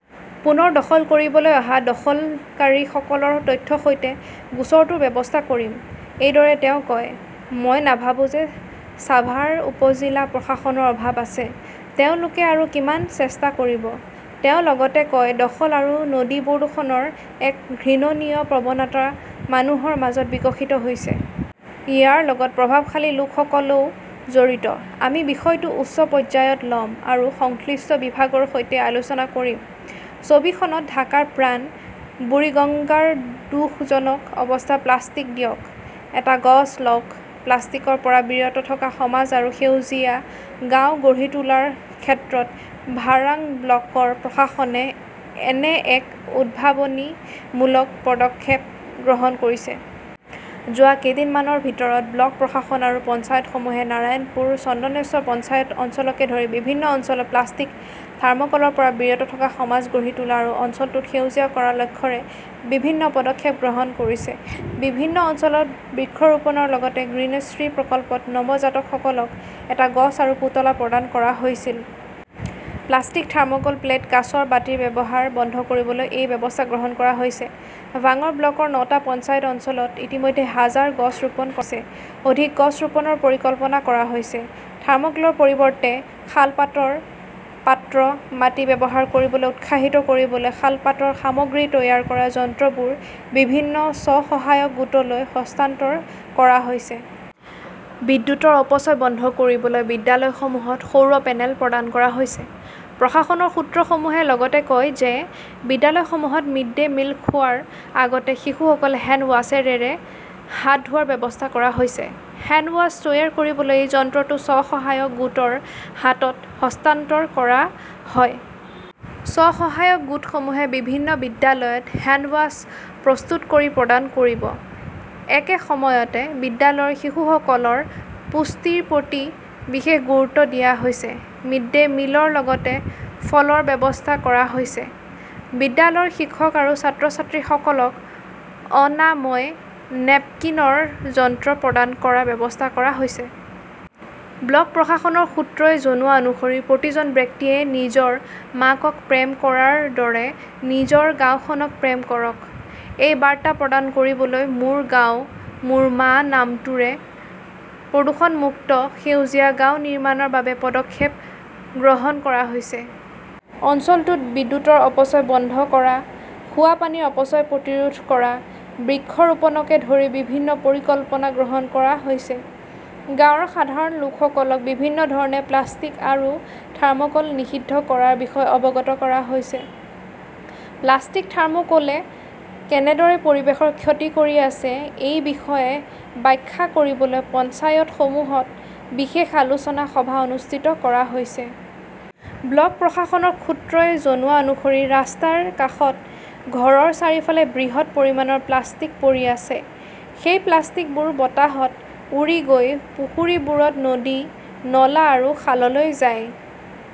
পুনৰ দখল কৰিবলৈ অহা দখলকাৰীসকলৰ তথ্যৰ সৈতে গোচৰটোৰ ব্যৱস্থা কৰিম, এইদৰে তেওঁ কয়। মই নাভাবো যে ছাভাৰ উপ-জিলা প্ৰশাসনৰ অভাৱ আছে। তেওঁলোকে আৰু কিমান চেষ্টা কৰিব? তেওঁ লগতে কয়, দখল আৰু নদী প্ৰদূষণৰ এক ঘৃণনীয় প্ৰৱণতা মানুহৰ মাজত বিকশিত হৈছে। ইয়াৰ লগত প্ৰভাৱশালী লোকসকলও জড়িত। আমি বিষয়টো উচ্চ পৰ্যায়ত ল'ম আৰু সংশ্লিষ্ট বিভাগৰ সৈতে আলোচনা কৰিম। । ছবিখনত ঢাকাৰ প্ৰাণ বুৰিগঙ্গাৰ দুখজনক অৱস্থা 'প্লাষ্টিক দিয়ক, এটা গছ লওক, প্লাষ্টিকৰ পৰা বিৰত থকা সমাজ আৰু সেউজীয়া গাঁও গঢ়ি তোলাৰ ক্ষেত্ৰত ভাংৰা ব্লকৰ প্ৰশাসনে এনে এক উদ্ভাৱনীমূলক পদক্ষেপ গ্ৰহণ কৰিছে। যোৱা কেইদিনমানৰ ভিতৰত ব্লক প্ৰশাসন আৰু পঞ্চায়তসমূহে নাৰায়ণপুৰ, চন্দনেশ্বৰ পঞ্চায়ত অঞ্চলকে ধৰি বিভিন্ন অঞ্চলত প্লাষ্টিক, থাৰ্ম'কলৰ পৰা বিৰত থকা সমাজ গঢ়ি তোলা আৰু অঞ্চলটোত সেউজীয়া কৰাৰ লক্ষ্যৰে বিভিন্ন পদক্ষেপ গ্ৰহণ কৰিছে। বিভিন্ন অঞ্চলত বৃক্ষৰোপণৰ লগতে গ্ৰীণশ্ৰী প্ৰকল্পত নৱজাতকসকলক এটা গছ আৰু পুতলা প্ৰদান কৰা হৈছিল। প্লাষ্টিক, থাৰ্ম 'কল প্লেট, কাঁচৰ বাটিৰ ব্যৱহাৰ বন্ধ কৰিবলৈ এই ব্যৱস্থা গ্ৰহণ কৰা হৈছে। ভাংৰ ব্লকৰ নটা পঞ্চায়ত অঞ্চলত ইতিমধ্যে হাজাৰ গছ ৰোপণ কৰা হৈছে। অধিক গছ ৰোপণৰ পৰিকল্পনা কৰা হৈছে। থাৰ্মোক্লৰ পৰিৱৰ্তে শালপাতৰ পাত্ৰ, বাটি ব্যৱহাৰ কৰিবলৈ উৎসাহিত কৰিবলৈ শালপাতৰ সামগ্ৰী তৈয়াৰ কৰা যন্ত্ৰবোৰ বিভিন্ন স্ব-সহায়ক গোটলৈ হস্তান্তৰ কৰা হৈছে। বিদ্যুৎৰ অপচয় বন্ধ কৰিবলৈ বিদ্যালয়সমূহত সৌৰ পেনেল প্ৰদান কৰা হৈছে। প্ৰশাসনৰ সূত্ৰসমূহে লগতে কয় যে, বিদ্যালয়সমূহত মিড -ডে মিল খোৱাৰ আগতে শিশুসকলে হেণ্ড ৱাশ্বৰেৰে হাত ধোৱাৰ ব্যৱস্থা কৰা হৈছে। হেণ্ড ৱাছ তৈয়াৰ কৰিবলৈ এই যন্ত্ৰটো স্ব-সহায়ক গোটৰ হাতত হস্তান্তৰ কৰা হয়। স্ব-সহায়ক গোটসমূহে বিভিন্ন বিদ্যালয়ত হেণ্ড ৱাছ প্ৰস্তুত কৰি প্ৰদান কৰিব। একে সময়তে বিদ্যালয়ৰ শিশুসকলৰ পুষ্টিৰ প্ৰতি বিশেষ গুৰুত্ব দিয়া হৈছে। মিড ডে মিলৰ লগতে ফলৰ ব্যৱস্থা কৰা হৈছে। বিদ্যালয়ৰ শিক্ষক আৰু ছাত্ৰ-ছাত্ৰীসকলক অনাময় নেপকিনৰ যন্ত্ৰ প্ৰদান কৰাৰ ব্যৱস্থা কৰা হৈছে। ব্লক প্ৰশাসনৰ সূত্ৰই জনোৱা অনুসৰি প্ৰতিজন ব্যক্তিয়ে নিজৰ মাকক প্ৰেম কৰাৰ দৰে নিজৰ গাওঁখনক প্ৰেম কৰক। এই বাৰ্তা প্ৰদান কৰিবলৈ 'মোৰ গাওঁ, মোৰ মা' নামটোৰে প্ৰদূষণ-মুক্ত, সেউজীয়া গাঁও নিৰ্মাণৰ বাবে পদক্ষেপ গ্ৰহণ কৰা হৈছে। অঞ্চলটোত বিদ্যুৎৰ অপচয় বন্ধ কৰা, খোৱা পানীৰ অপচয় প্ৰতিৰোধ কৰা, বৃক্ষৰোপণকে ধৰি বিভিন্ন পৰিকল্পনা গ্ৰহণ কৰা হৈছে। গাঁৱৰ সাধাৰণ লোকসকলক বিভিন্ন ধৰণে প্লাষ্টিক আৰু থৰ্ম'কল নিষিদ্ধ কৰাৰ বিষয়ে অৱগত কৰা হৈছে। প্লাষ্টিক, থাৰ্মোকোলে কেনেদৰে পৰিৱেশৰ ক্ষতি কৰি আছে সেই বিষয়ে ব্যাখ্যা কৰিবলৈ পঞ্চায়তসমূহত বিশেষ আলোচনা সভা অনুষ্ঠিত কৰা হৈছে। ব্লক প্ৰশাসনৰ সূত্ৰই জনোৱা অনুসৰি ৰাস্তাৰ কাষত, ঘৰৰ চাৰিওফালে বৃহৎ পৰিমাণৰ প্লাষ্টিক পৰি আছে। সেই প্লাষ্টিকবোৰ বতাহত উৰি গৈ পুখুৰীবোৰত নদী, নলা আৰু খাললৈ যায়।